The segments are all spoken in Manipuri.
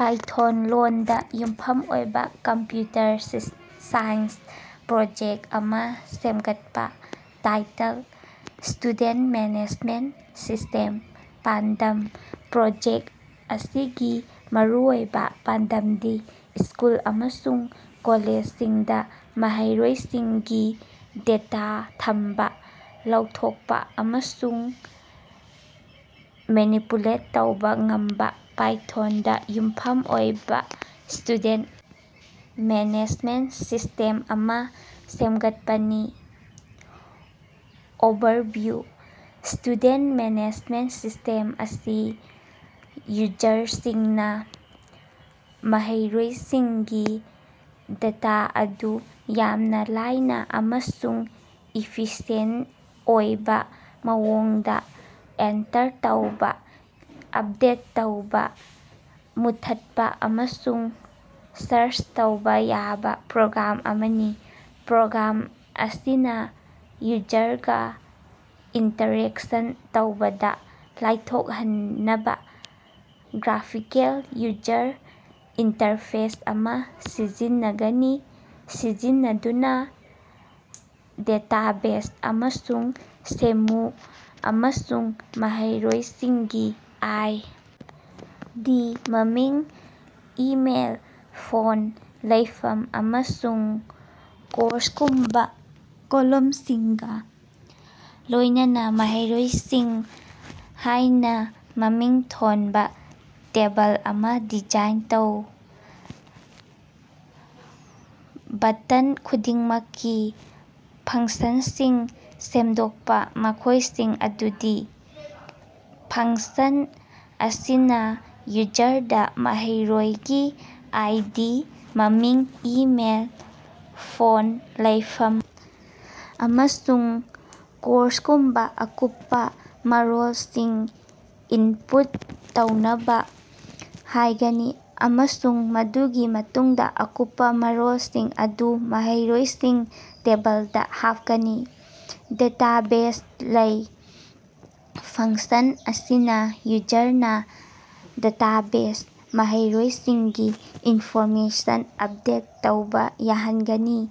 ꯄꯥꯏꯊꯣꯟ ꯂꯣꯟꯗ ꯌꯨꯝꯐꯝ ꯑꯣꯏꯕ ꯀꯝꯄ꯭ꯌꯨꯇꯔ ꯁꯥꯏꯟꯁ ꯄ꯭ꯔꯣꯖꯦꯛ ꯑꯃ ꯁꯦꯝꯒꯠꯄ꯫ Title: student management system. ꯄꯥꯟꯗꯝ: ꯄ꯭ꯔꯣꯖꯦꯛ ꯑꯁꯤꯒꯤ ꯃꯔꯨꯑꯣꯏꯕ ꯄꯥꯟꯗꯝꯗꯤ ꯁ꯭ꯀꯨꯜ ꯑꯃꯁꯨꯡ ꯀꯣꯂꯦꯖꯁꯤꯡꯗ ꯃꯍꯩꯔꯣꯏꯁꯤꯡꯒꯤ ꯗꯦꯇꯥ ꯊꯝꯕ, ꯂꯧꯊꯣꯛꯄ ꯑꯃꯁꯨꯡ ꯃꯦꯅꯤꯄꯨꯂꯦꯠ ꯇꯧꯕ ꯉꯝꯕ ꯄꯥꯏꯊꯣꯟꯗ ꯌꯨꯝꯐꯝ ꯑꯣꯏꯕ ꯁ꯭ꯇꯨꯗꯦꯟ ꯃꯦꯅꯦꯖꯃꯦꯟꯠ ꯁꯤꯁ꯭ꯇꯦꯝ ꯑꯃ ꯁꯦꯝꯒꯠꯄꯅꯤ꯫ ꯑꯣꯚꯔꯚꯤꯌꯨ: ꯁ꯭ꯇꯨꯗꯦꯟ ꯃꯦꯅꯦꯖꯃꯦꯟꯠ ꯁꯤꯁ꯭ꯇꯦꯝ ꯑꯁꯤ ꯌꯨꯖꯔꯁꯤꯡꯅ ꯃꯍꯩꯔꯣꯏꯁꯤꯡꯒꯤ ꯗꯦꯇꯥ ꯑꯗꯨ ꯌꯥꯝꯅ ꯂꯥꯏꯅ ꯑꯃꯁꯨꯡ ꯏꯐꯤꯁꯤꯑꯦꯟꯇ ꯑꯣꯏꯕ ꯃꯑꯣꯡꯗ ꯑꯦꯟꯇꯔ ꯇꯧꯕ, ꯑꯞꯗꯦꯠ ꯇꯧꯕ, ꯃꯨꯠꯊꯠꯄ ꯑꯃꯁꯨꯡ ꯁ꯭ꯔꯆ ꯇꯧꯕ ꯌꯥꯕ ꯄ꯭ꯔꯣꯒ꯭ꯔꯥꯝ ꯑꯃꯅꯤ꯫ ꯄ꯭ꯔꯣꯒ꯭ꯔꯥꯝ ꯑꯁꯤꯅ ꯌꯨꯖꯔꯒ ꯏꯟꯇꯔꯦꯛꯁꯟ ꯇꯧꯕꯗ ꯂꯥꯏꯊꯣꯛꯍꯟꯅꯕ ꯒ꯭ꯔꯥꯐꯤꯀꯦꯜ ꯌꯨꯖꯔ ꯏꯟꯇꯔꯐꯦꯁ ꯑꯃ ꯁꯤꯖꯤꯟꯅꯒꯅꯤ꯫ ꯁꯤꯖꯤꯟꯅꯗꯨꯅ ꯗꯦꯇꯥꯕꯦꯖ ꯑꯃ ꯁꯦꯝꯃꯨ ꯑꯃꯁꯨꯡ ꯃꯍꯩꯔꯣꯏꯁꯤꯡꯒꯤ ꯑꯥꯏ ꯗꯤ. ꯃꯃꯤꯡ, ꯏꯃꯦꯜ, ꯐꯣꯟ, ꯂꯩꯐꯝ, ꯑꯃꯁꯨꯡ ꯀꯣꯔꯁꯒꯨꯝꯕ ꯀꯣꯂꯝꯁꯤꯡꯒ ꯂꯣꯏꯅꯅ 'ꯃꯍꯩꯔꯣꯏꯁꯤꯡ' ꯍꯥꯏꯅ ꯃꯃꯤꯡ ꯊꯣꯟꯕ ꯇꯦꯕꯜ ꯑꯃ ꯗꯤꯖꯥꯏꯟ ꯇꯧ꯫ ꯕꯇꯟ ꯈꯨꯗꯤꯡꯃꯛꯀꯤ ꯐꯪꯁꯟꯁꯤꯡ ꯁꯦꯝꯗꯣꯛꯄ, ꯃꯈꯣꯏꯁꯤꯡ ꯑꯗꯨꯗꯤ: ꯐꯪꯁꯟ ꯑꯁꯤꯅ ꯌꯨꯖꯔꯗ ꯃꯍꯩꯔꯣꯏꯒꯤ ꯑꯥꯏ. ꯗꯤ., ꯃꯃꯤꯡ, ꯏꯃꯦꯜ, ꯐꯣꯟ, ꯂꯩꯐꯝ ꯑꯃꯁꯨꯡ ꯀꯣꯔꯁꯒꯨꯝꯕ ꯑꯀꯨꯞꯄ ꯃꯔꯣꯜꯁꯤꯡ ꯏꯟꯄꯨꯠ ꯇꯧꯅꯕ ꯍꯥꯏꯒꯅꯤ ꯑꯃꯁꯨꯡ ꯃꯗꯨꯒꯤ ꯃꯇꯨꯡꯗ ꯑꯀꯨꯞꯄ ꯃꯔꯣꯜꯁꯤꯡ ꯑꯗꯨ 'ꯃꯍꯩꯔꯣꯏꯁꯤꯡ' ꯇꯦꯕꯜꯗ ꯍꯥꯞꯀꯅꯤ꯫ ꯗꯦꯇꯥꯕꯦꯖꯗ ꯂꯩ: ꯐꯪꯁꯟ ꯑꯁꯤꯅ ꯌꯨꯖꯔꯅ ꯗꯦꯇꯥꯕꯦꯖꯗ ꯃꯍꯩꯔꯣꯏꯁꯤꯡꯒꯤ ꯏꯟꯐꯣꯔꯃꯦꯁꯟ ꯑꯞꯗꯦꯠ ꯇꯧꯕ ꯌꯥꯍꯟꯒꯅꯤ꯫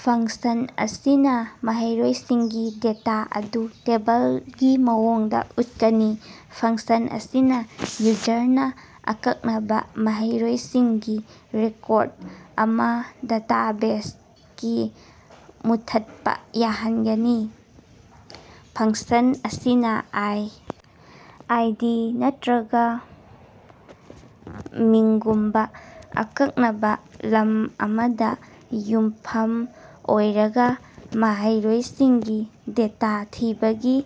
ꯐꯪꯁꯟ ꯑꯁꯤꯅ ꯃꯍꯩꯔꯣꯏꯁꯤꯡꯒꯤ ꯗꯦꯇꯥ ꯑꯗꯨ ꯇꯦꯕꯜꯒꯤ ꯃꯑꯣꯡꯗ ꯎꯠꯀꯅꯤ꯫ ꯐꯪꯁꯟ ꯑꯁꯤꯅ ꯌꯨꯖꯔꯅ ꯑꯀꯛꯅꯕ ꯃꯍꯩꯔꯣꯏꯒꯤ ꯔꯦꯀꯣꯔꯗ ꯑꯃ ꯗꯦꯇꯥꯕꯦꯖꯗꯒꯤ ꯃꯨꯠꯊꯠꯄ ꯌꯥꯍꯟꯒꯅꯤ꯫ ꯐꯪꯁꯟ ꯑꯁꯤꯅ ꯑꯥꯏ. ꯑꯥꯏ.ꯗꯤ. ꯅꯠꯇꯔꯒ ꯃꯤꯡꯒꯨꯝꯕ ꯑꯀꯛꯅꯕ ꯂꯝ ꯑꯃꯗ ꯌꯨꯝꯐꯝ ꯑꯣꯏꯔꯒ ꯃꯍꯩꯔꯣꯏꯁꯤꯡꯒꯤ ꯗꯦꯇꯥ ꯊꯤꯕꯒꯤ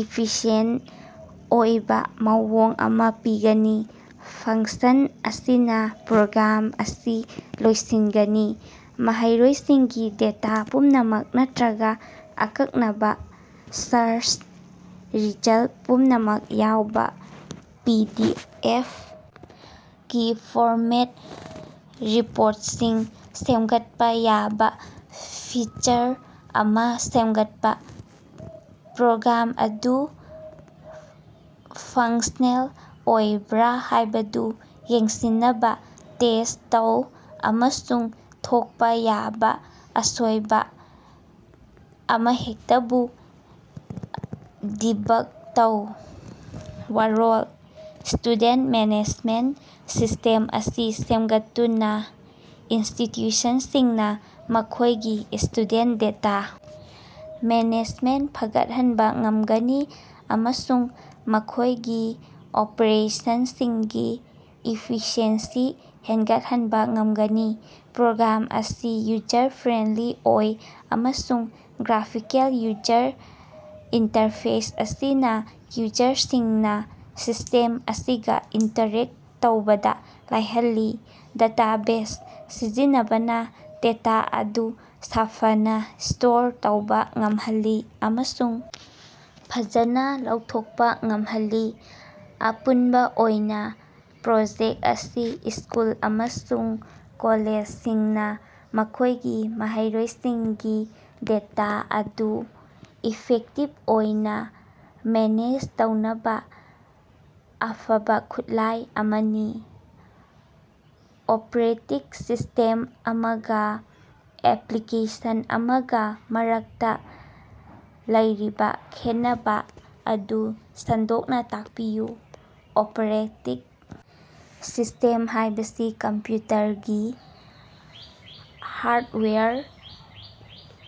ꯏꯐꯤꯁꯤꯌꯦꯟꯇ ꯑꯣꯏꯕ ꯃꯑꯣꯡ ꯑꯃ ꯄꯤꯒꯅꯤ꯫ ꯐꯪꯁꯟ ꯑꯁꯤꯅ ꯄ꯭ꯔꯣꯒ꯭ꯔꯥꯝ ꯑꯁꯤ ꯂꯣꯏꯁꯤꯟꯒꯅꯤ꯫ ꯃꯍꯩꯔꯣꯏꯁꯤꯡꯒꯤ ꯗꯦꯇꯥ ꯄꯨꯝꯅꯃꯛ ꯅꯠꯇ꯭ꯔꯒ ꯑꯀꯛꯅꯕ ꯁ꯭ꯔꯆ ꯔꯤꯖꯜꯠ ꯄꯨꯝꯅꯃꯛ ꯌꯥꯎꯅ ꯄꯤ. ꯗꯤ. ꯑꯦꯐ. ꯀꯤ ꯐꯣꯔꯃꯦꯠꯇ ꯔꯤꯄꯣꯔꯠꯁꯤꯡ ꯁꯦꯝꯒꯠꯄ ꯌꯥꯕ ꯐꯤꯆꯔ ꯑꯃ ꯁꯦꯝꯒꯠꯄ꯫ ꯄ꯭ꯔꯣꯒ꯭ꯔꯥꯝ ꯑꯗꯨ ꯐꯪꯁꯅꯦꯜ ꯑꯣꯏꯕ꯭ꯔꯥ ꯍꯥꯏꯕꯗꯨ ꯌꯦꯡꯁꯤꯟꯅꯕ ꯇꯦꯁ ꯇꯧ ꯑꯃꯁꯨꯡ ꯊꯣꯛꯄ ꯌꯥꯕ ꯑꯁꯣꯏꯕ ꯑꯃꯍꯦꯛꯇꯕꯨ ꯗꯤꯕꯒ ꯇꯧ꯫ ꯋꯥꯔꯣꯜ: ꯁ꯭ꯇꯨꯗꯦꯟ ꯃꯦꯅꯦꯖꯃꯦꯟꯠ ꯁꯤꯁ꯭ꯇꯦꯝ ꯑꯁꯤ ꯁꯦꯝꯒꯠꯇꯨꯅ ꯏꯟꯁꯇꯤꯇ꯭ꯌꯨꯁꯟꯁꯤꯡꯅ ꯃꯈꯣꯏꯒꯤ ꯁ꯭ꯇꯨꯗꯦꯟ ꯗꯦꯇꯥ ꯃꯦꯅꯦꯖꯃꯦꯟꯠ ꯐꯒꯠꯍꯟꯕ ꯉꯝꯒꯅꯤ ꯑꯃꯁꯨꯡ ꯃꯈꯣꯏꯒꯤ ꯑꯣꯄꯔꯦꯁꯟꯁꯤꯡꯒꯤ ꯏꯐꯤꯁꯤꯑꯦꯟꯁꯤ ꯍꯦꯟꯒꯠꯍꯟꯕ ꯉꯝꯒꯅꯤ꯫ ꯄ꯭ꯔꯣꯒ꯭ꯔꯥꯝ ꯑꯁꯤ ꯌꯨꯖꯔ-ꯐ꯭ꯔꯦꯟꯂꯤ ꯑꯣꯏ ꯑꯃꯁꯨꯡ ꯒ꯭ꯔꯥꯐꯤꯀꯦꯜ ꯌꯨꯖꯔ ꯏꯟꯇꯔꯐꯦꯁ ꯑꯁꯤꯅ ꯌꯨꯖꯔꯁꯤꯡꯅ ꯁꯤꯁ꯭ꯇꯦꯝ ꯑꯁꯤꯒ ꯏꯟꯇꯔꯦꯛ ꯇꯧꯕꯗ ꯂꯥꯏꯍꯜꯂꯤ꯫ ꯗꯦꯇꯥꯕꯦꯖ ꯁꯤꯖꯤꯟꯅꯕꯅ ꯗꯦꯇꯥ ꯑꯗꯨ ꯁꯥꯐꯅꯥ ꯁ꯭ꯇꯣꯔ ꯇꯧꯕ ꯉꯝꯍꯜꯂꯤ ꯑꯃꯁꯨꯡ ꯐꯖꯅ ꯂꯧꯊꯣꯛꯄ ꯉꯝꯍꯜꯂꯤ꯫ ꯑꯄꯨꯟꯕ ꯑꯣꯏꯅ, ꯄ꯭ꯔꯣꯖꯦꯛ ꯑꯁꯤ ꯁ꯭ꯀꯨꯜ ꯑꯃꯁꯨꯡ ꯀꯣꯂꯦꯖꯁꯤꯡꯅ ꯃꯈꯣꯏꯒꯤ ꯃꯍꯩꯔꯣꯏꯁꯤꯡꯒꯤ ꯗꯦꯇꯥ ꯑꯗꯨ ꯏꯐꯦꯛꯇꯤꯚ ꯑꯣꯏꯅ ꯃꯦꯅꯦꯖ ꯇꯧꯅꯕ ꯑꯐꯕ ꯈꯨꯠꯂꯥꯏ ꯑꯃꯅꯤ꯫ ꯑꯣꯄꯔꯦꯇꯤꯡ ꯁꯤꯁ꯭ꯇꯦꯝ ꯑꯃꯒ ꯑꯦꯄ꯭ꯂꯤꯀꯦꯁꯟ ꯑꯃꯒ ꯃꯔꯛꯇ ꯂꯩꯔꯤꯕ ꯈꯦꯠꯅꯕ ꯑꯗꯨ ꯁꯟꯗꯣꯛꯅ ꯇꯥꯛꯄꯤꯌꯨ꯫ ꯑꯣꯄꯔꯦꯇꯤꯡ ꯁꯤꯁ꯭ꯇꯦꯝ ꯍꯥꯏꯕꯁꯤ ꯀꯝꯄ꯭ꯌꯨꯇꯔꯒꯤ ꯍꯥꯔꯗꯋꯥꯌꯔ,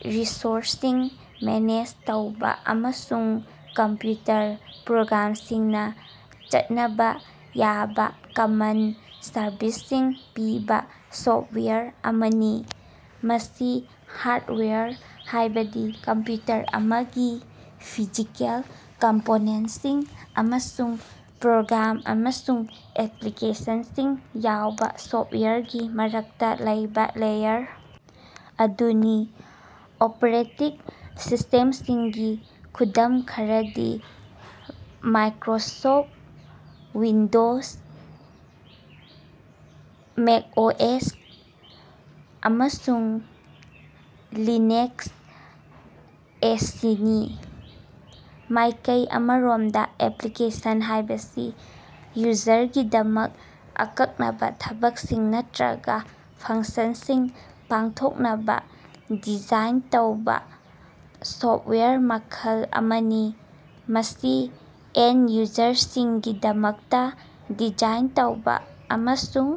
ꯔꯤꯁꯣꯔꯁꯁꯤꯡ ꯃꯦꯅꯦꯖ ꯇꯧꯕ ꯑꯃꯁꯨꯡ ꯀꯝꯄ꯭ꯌꯨꯇꯔ ꯄ꯭ꯔꯣꯒ꯭ꯔꯥꯝꯁꯤꯡꯅ ꯆꯠꯅꯕ ꯌꯥꯕ ꯀꯃꯟ ꯁꯔꯚꯤꯁꯁꯤꯡ ꯄꯤꯕ ꯁꯣꯐꯋꯥꯌꯔ ꯑꯃꯅꯤ꯫ ꯃꯁꯤ ꯍꯥꯔꯗꯋꯥꯌꯔ, ꯍꯥꯏꯕꯗꯤ ꯀꯝꯄ꯭ꯌꯨꯇꯔ ꯑꯃꯒꯤ ꯐꯤꯖꯤꯀꯦꯜ ꯀꯝꯄꯣꯅꯦꯟꯠꯁꯤꯡ ꯑꯃꯁꯨꯡ ꯄ꯭ꯔꯣꯒ꯭ꯔꯥꯝ ꯑꯃꯁꯨꯡ ꯑꯦꯄ꯭ꯂꯤꯀꯦꯁꯟꯁꯤꯡ ꯌꯥꯎꯕ ꯁꯣꯐꯋꯥꯌꯔꯒꯤ ꯃꯔꯛꯇ ꯂꯩꯕ ꯂꯦꯌꯔ ꯑꯗꯨꯅꯤ꯫ ꯑꯣꯄꯔꯦꯇꯤꯡ ꯁꯤꯁ꯭ꯇꯦꯝꯁꯤꯡꯒꯤ ꯈꯨꯗꯝ ꯈꯔꯗꯤ ꯃꯥꯏꯀ꯭ꯔꯣꯁꯣꯐ ꯋꯤꯟꯗꯣꯖ, ꯃꯦꯛꯑꯣꯑꯦꯁ, ꯑꯃꯁꯨꯡ ꯂꯤꯅꯛꯁ ꯑꯌꯁꯤꯅꯤ꯫ ꯃꯥꯏꯀꯩ ꯑꯃꯔꯣꯝꯗ ꯑꯦꯄ꯭ꯂꯤꯀꯦꯁꯟ ꯍꯥꯏꯕꯁꯤ ꯌꯨꯖꯔꯒꯤꯗꯃꯛꯇ ꯑꯀꯛꯅꯕ ꯊꯕꯛꯁꯤꯡ ꯅꯠꯇ꯭ꯔꯒ ꯐꯪꯁꯟꯁꯤꯡ ꯄꯥꯡꯊꯣꯛꯅꯕ ꯗꯤꯖꯥꯏꯟ ꯇꯧꯕ ꯁꯣꯐꯋꯥꯌꯔ ꯃꯈꯜ ꯑꯃꯅꯤ꯫ ꯃꯁꯤ ꯑꯦꯟꯗ-ꯌꯨꯖꯔꯁꯤꯡꯒꯤꯗꯃꯛꯇ ꯗꯤꯖꯥꯏꯟ ꯇꯧꯕ ꯑꯃꯁꯨꯡ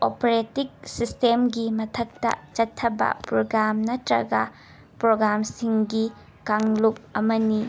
ꯑꯣꯄꯔꯦꯇꯤꯡ ꯁꯤꯁ꯭ꯇꯦꯝꯒꯤ ꯃꯊꯛꯇ ꯆꯠꯊꯕ ꯄ꯭ꯔꯣꯒ꯭ꯔꯥꯝ ꯅꯠꯇ꯭ꯔꯒ ꯄ꯭ꯔꯣꯒ꯭ꯔꯥꯝꯁꯤꯡꯒꯤ ꯀꯥꯡꯂꯨꯞ ꯑꯃꯅꯤ꯫